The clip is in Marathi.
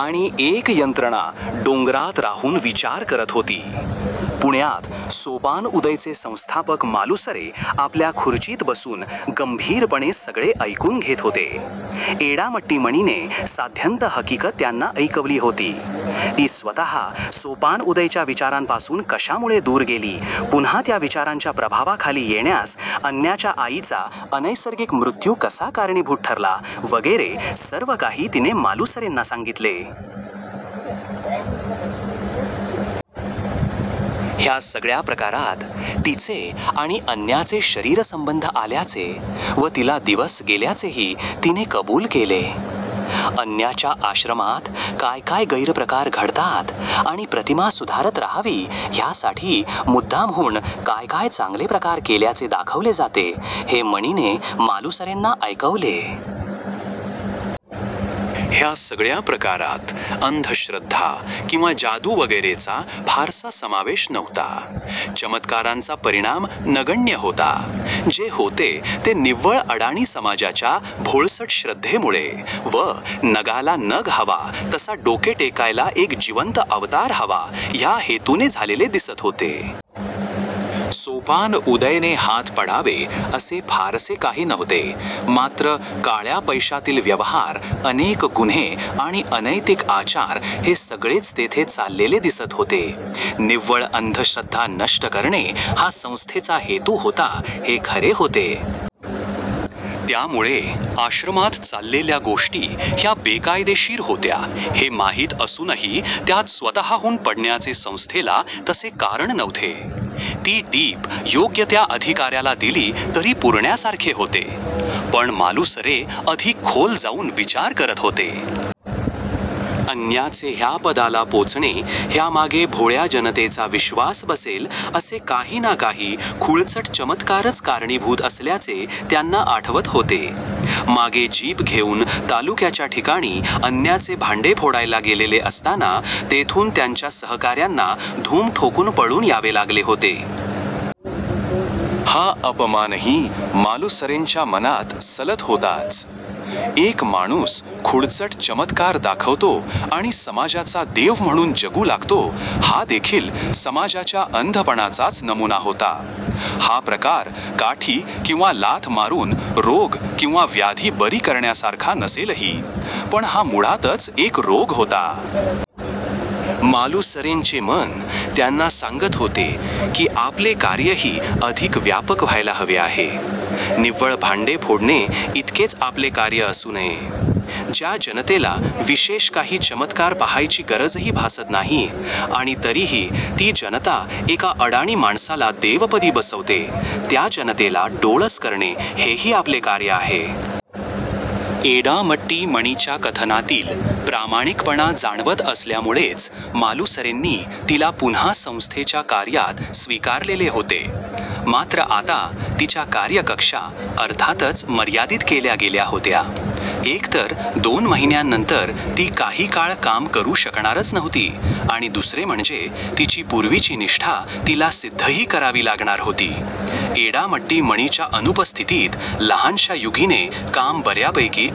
आणि एक यंत्रणा डोंगरात राहून विचार करत होती. पुण्यात सोपान उदयचे संस्थापक मालुसरे आपल्या खुर्चीत बसून गंभीरपणे सगळे ऐकून घेत होते. एडामट्टी मणीने साद्यंत हकीकत त्यांना ऐकवली होती. ती स्वतः सोपान उदयच्या विचारांपासून कशामुळे दूर गेली, पुन्हा त्या विचारांच्या प्रभावाखाली येण्यास अन्याच्या आईचा अनैसर्गिक मृत्यू कसा कारणीभूत ठरला वगैरे सर्व काही तिने मालुसरेंना सांगितले. ह्या सगळ्या प्रकारात तिचे आणि अन्याचे शरीरसंबंध आल्याचे व तिला दिवस गेल्याचेही तिने कबूल केले. अन्याच्या आश्रमात काय काय गैरप्रकार घडतात आणि प्रतिमा सुधारत राहावी ह्यासाठी मुद्दामहून काय काय चांगले प्रकार केल्याचे दाखवले जाते हे मणीने मालुसरेंना ऐकवले. ह्या सगळ्या प्रकारात अंधश्रद्धा किंवा जादू वगैरेचा फारसा समावेश नव्हता. चमत्कारांचा परिणाम नगण्य होता. जे होते ते निव्वळ अडाणी समाजाच्या भोळसट श्रद्धेमुळे व नगाला नग हवा तसा डोके टेकायला एक जिवंत अवतार हवा ह्या हेतूने झालेले दिसत होते. सोपान उदयने ह्यात पडावे असे फारसे काही नव्हते. मात्र काळ्या पैश्यातील व्यवहार, अनेक गुन्हे आणि अनैतिक आचार हे सगळेच तेथे चाललेले दिसत होते. निव्वळ अंधश्रद्धा नष्ट करणे हा संस्थेचा हेतू होता हे खरे होते. त्यामुळे आश्रमात चाललेल्या गोष्टी ह्या बेकायदेशीर होत्या हे माहीत असूनही त्यात स्वतःहून पडण्याचे संस्थेला तसे कारण नव्हते. ती टीप योग्य त्या अधिकाऱ्याला दिली तरी पुरण्यासारखे होते. पण मालुसरे अधिक खोल जाऊन विचार करत होते. अन्याचे ह्या पदाला पोचणे ह्यामागे भोळ्या जनतेचा विश्वास बसेल असे काही ना काही खुळचट चमत्कारच कारणीभूत असल्याचे त्यांना आठवत होते. मागे जीप घेऊन तालुक्याच्या ठिकाणी अन्याचे भांडे फोडायला गेलेले असताना तेथून त्यांच्या सहकाऱ्यांना धूम ठोकून पळून यावे लागले होते. हा अपमानही मालुसरेंच्या मनात सलत होताच. एक माणूस खुळचट चमत्कार दाखवतो आणि समाजाचा देव म्हणून जगू लागतो हादेखील समाजाच्या अंधपणाचाच नमुना होता. हा प्रकार काठी किंवा लाथ मारून रोग किंवा व्याधी बरी करण्यासारखा नसेलही, पण हा मुळातच एक रोग होता. मालुसरेंचे मन त्यांना सांगत होते की आपले कार्यही अधिक व्यापक व्हायला हवे आहे. निव्वळ भांडे फोडणे इतकेच आपले कार्य असू नये. ज्या जनतेला विशेष काही चमत्कार पाहायची गरजही भासत नाही आणि तरीही ती जनता एका अडाणी माणसाला देवपदी बसवते त्या जनतेला डोळस करणे हेही आपले कार्य आहे. एडामट्टी मणीच्या कथनातील प्रामाणिकपणा जाणवत असल्यामुळेच मालुसरेंनी तिला पुन्हा संस्थेच्या कार्यात स्वीकारलेले होते. मात्र आता तिच्या कार्यकक्षा अर्थातच मर्यादित केल्या गेल्या होत्या. एक तर दोन महिन्यांनंतर ती काही काळ काम करू शकणारच नव्हती आणि दुसरे म्हणजे तिची पूर्वीची निष्ठा तिला सिद्धही करावी लागणार होती. एडामट्टी मणीच्या अनुपस्थितीत लहानश्या युगीने काम बऱ्यापैकी